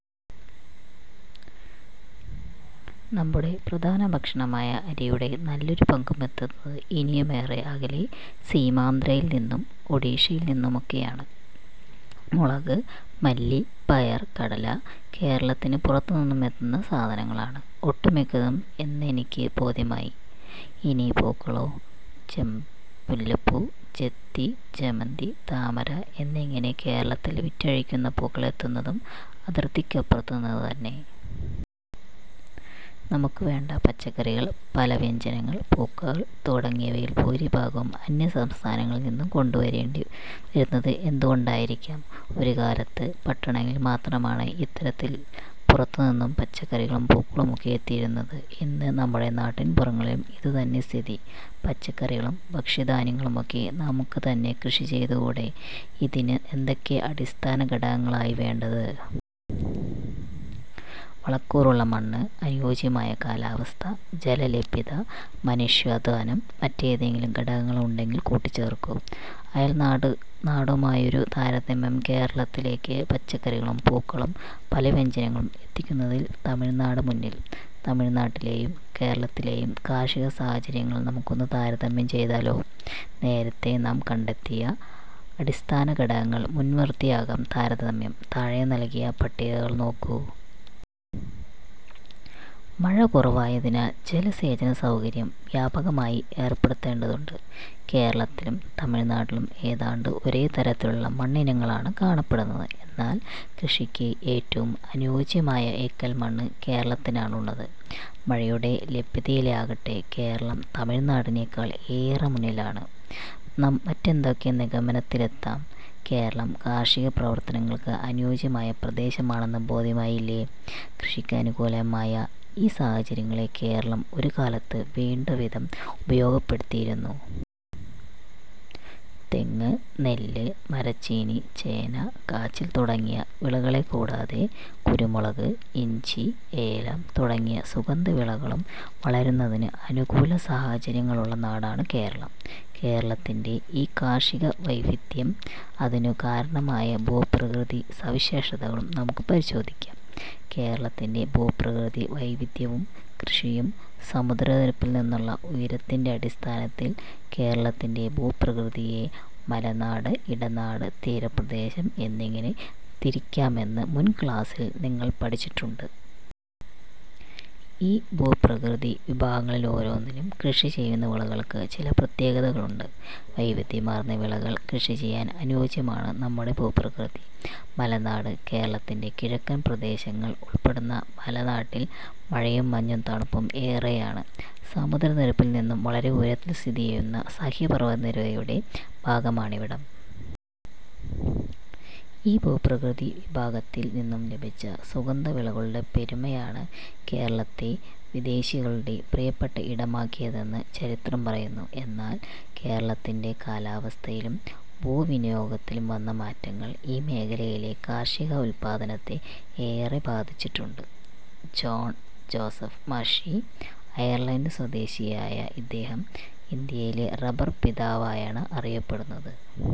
നമ്മുടെ പ്രധാനഭക്ഷണമായ അരിയുടെ നല്ലൊരു പങ്കുമെത്തുന്നത് ഇനിയു മേറെ അകലെ സീമാന്ധ്രയിൽ നിന്നും ഒഡിഷയിൽ നിന്നുമൊക്കെയാണ്. മുളക്, മല്ലി, പയർ, കടല... കേരളത്തിന് പുറത്തു നിന്നും എത്തുന്ന സാധനങ്ങളാണ് ഒട്ടുമിക്കതും എന്നെനിക്ക് ബോധ്യമായി. ഇനി പൂക്കളോ? മുല്ലപ്പൂ, ചെത്തി, ജമന്തി, താമര എന്നിങ്ങനെ കേരളത്തിൽ വിറ്റഴിക്കുന്ന പൂക്കൾ എത്തുന്നതും അതിർത്തിക്കപ്പുറത്തു നിന്നുതന്നെ. നമുക്ക് വേണ്ട പച്ചക്കറികൾ, പലവ്യഞ്ജനങ്ങൾ, പൂക്കൾ തുടങ്ങിയവയിൽ ഭൂരിഭാഗവും അന്യസംസ്ഥാനങ്ങളിൽ നിന്നും കൊണ്ടു വരേണ്ടിവരുന്നത് എന്തുകൊണ്ടായിരിക്കാം? ഒരു കാലത്ത് പട്ടണങ്ങളിൽ മാത്രമാണ് ഇത്തരത്തിൽ പുറത്തുനിന്നും പച്ചക്കറികളും പൂക്കളുമൊക്കെ എത്തിയിരുന്നത്. ഇന്ന് നമ്മുടെ നാട്ടിൻപുറങ്ങളിലും ഇതുതന്നെ സ്ഥിതി. പച്ചക്കറികളും ഭക്ഷ്യധാന്യങ്ങളുമൊക്കെ നമുക്ക് തന്നെ കൃഷി ചെയ്തുകൂടേ? ഇതിന് എന്തൊക്കെ അടിസ്ഥാനഘടകങ്ങളായി വേണ്ടത്? വളക്കൂറുള്ള മണ്ണ്, അനുയോജ്യമായ, കാലാവസ്ഥ, ജലലഭ്യത, മനുഷ്യാധ്വാനം മറ്റേതെങ്കിലും ഘടകങ്ങളുണ്ടങ്കിൽ കൂട്ടിച്ചേർക്കൂ. അയൽനാടുമായൊരു താരതമ്യം കേരളത്തിലേക്ക് പച്ചക്കറികളും പൂക്കളും പലവ്യഞ്ജനങ്ങളും എത്തിക്കുന്നതിൽ തമിഴ്നാടാണ് മുന്നിൽ. തമിഴ്നാട്ടിലെയും കേരളത്തിലെയും കാർഷിക സാഹചര്യങ്ങൾ നമുക്കൊന്ന് താരതമ്യം ചെയ്താലോ? നേരത്തെ നാം കണ്ടെത്തിയ അടിസ്ഥാനഘടകങ്ങൾ മുൻനിർത്തിയാകാം താരതമ്യം. താഴെ നൽകിയ പട്ടികകൾ നോക്കൂ. മഴ കുറവായതിനാൽ ജലസേചന സൗകര്യം വ്യാപകമായി ഏർപ്പെടുത്തേണ്ടതുണ്ട്. കേരളത്തിലും തമിഴ്നാട്ടിലും ഏതാണ്ട് ഒരേതരത്തിലുള്ള മണ്ണിനങ്ങളാണ് കാണപ്പെടുന്നത്. എന്നാൽ കൃഷിക്ക് ഏറ്റവും അനുയോജ്യമായ എക്കൽമണ്ണ് കേരളത്തിലാണുള്ളത്. മഴയുടെ ലഭ്യതയിലാകട്ടെ കേരളം തമിഴ്നാടിനേക്കാൾ ഏറെ മുന്നിലാണ്. മറ്റെന്തൊക്കെ നിഗമനങ്ങളിലെത്താം? കേരളം കാർഷിക പ്രവർത്തനങ്ങൾക്ക് അനുയോജ്യമായ പ്രദേശമാണെന്ന് ബോധ്യമായില്ലേ? കൃഷിക്കനുകൂലമായ ഈ സാഹചര്യങ്ങളെ കേരളം ഒരു കാലത്ത് വേണ്ടവിധം ഉപയോഗപ്പെടുത്തിയിരുന്നു. തെങ്ങ്, നെല്ല്, മരച്ചീനി, ചേന, കാച്ചിൽ തുടങ്ങിയ വിളകളെക്കൂടാതെ കുരുമുളക്, ഇഞ്ചി, ഏലം തുടങ്ങിയ സുഗന്ധവിളകളും വളരുന്നതിന് അനുകൂല സാഹചര്യങ്ങളുള്ള നാടാണ് കേരളം. കേരളത്തിന്റെ ഈ കാർഷികവൈവിധ്യവും അതിനു കാരണമായ ഭൂപ്രകൃതിസവിശേഷതകളും നമുക്ക് പരിശോധിക്കാം. കേരളത്തിന്റെ ഭൂപ്രകൃതി വൈവിധ്യവും കൃഷിയും സമുദ്രനിരപ്പിൽ നിന്നുള്ള ഉയരത്തിന്റെ അടിസ്ഥാനത്തിൽ കേരളത്തിന്റെ ഭൂപ്രകൃതിയെ മലനാട്, ഇടനാട്, തീരപ്രദേശം എന്നിങ്ങനെ തിരിക്കാമെന്ന് മുൻ ക്ലാസ്സിൽ നിങ്ങൾ പഠിച്ചിട്ടുണ്ട്. ഈ ഭൂപ്രകൃതി വിഭാഗങ്ങളോരോന്നിലും കൃഷി ചെയ്യുന്ന വിളകൾക്ക് ചില പ്രത്യേകതകളുണ്ട്. വൈവിധ്യമാർന്ന വിളകൾ കൃഷി ചെയ്യാൻ അനുയോജ്യമാണ് നമ്മുടെ ഭൂപ്രകൃതി. മലനാട് കേരളത്തിന്റെ കിഴക്കൻ പ്രദേശങ്ങൾ ഉൾപ്പെടുന്ന മല നാട്ടിൽ മഴയും മഞ്ഞും തണുപ്പും ഏറെയാണ്. സമുദ്ര നിരപ്പിൽ നിന്നും വളരെ ഉയരത്തിൽ സ്ഥിതി ചെയ്യുന്ന സഹ്യപർവ്വതനിരയുടെ ഭാഗമാണിവിടം. ഈ ഭൂപ്രകൃതി വിഭാഗത്തിൽ നിന്നും ലഭിച്ച സുഗന്ധ വിളകളുടെ പെരുമയാണ് കേരളത്തെ വിദേശികളുടെ പ്രിയപ്പെട്ട ഇടമാക്കിയതെന്ന് ചരിത്രം പറയുന്നു. എന്നാൽ കേരളത്തിന്റെ കാലാവസ്ഥയിലും ഭൂവിനിയോഗത്തിലും വന്ന മാറ്റങ്ങൾ ഈ മേഖലയിലെ കാർഷിക ഉല്പാദനത്തെ ഏറെ ബാധിച്ചിട്ടുണ്ട്. ജോൺ ജോസഫ് മർഷി അയർലന്റ് സ്വദേശിയായ ഇദ്ദേഹം ഇന്ത്യയിലെ റബർ പിതാവായാണ് അറിയപ്പെടുന്നത്.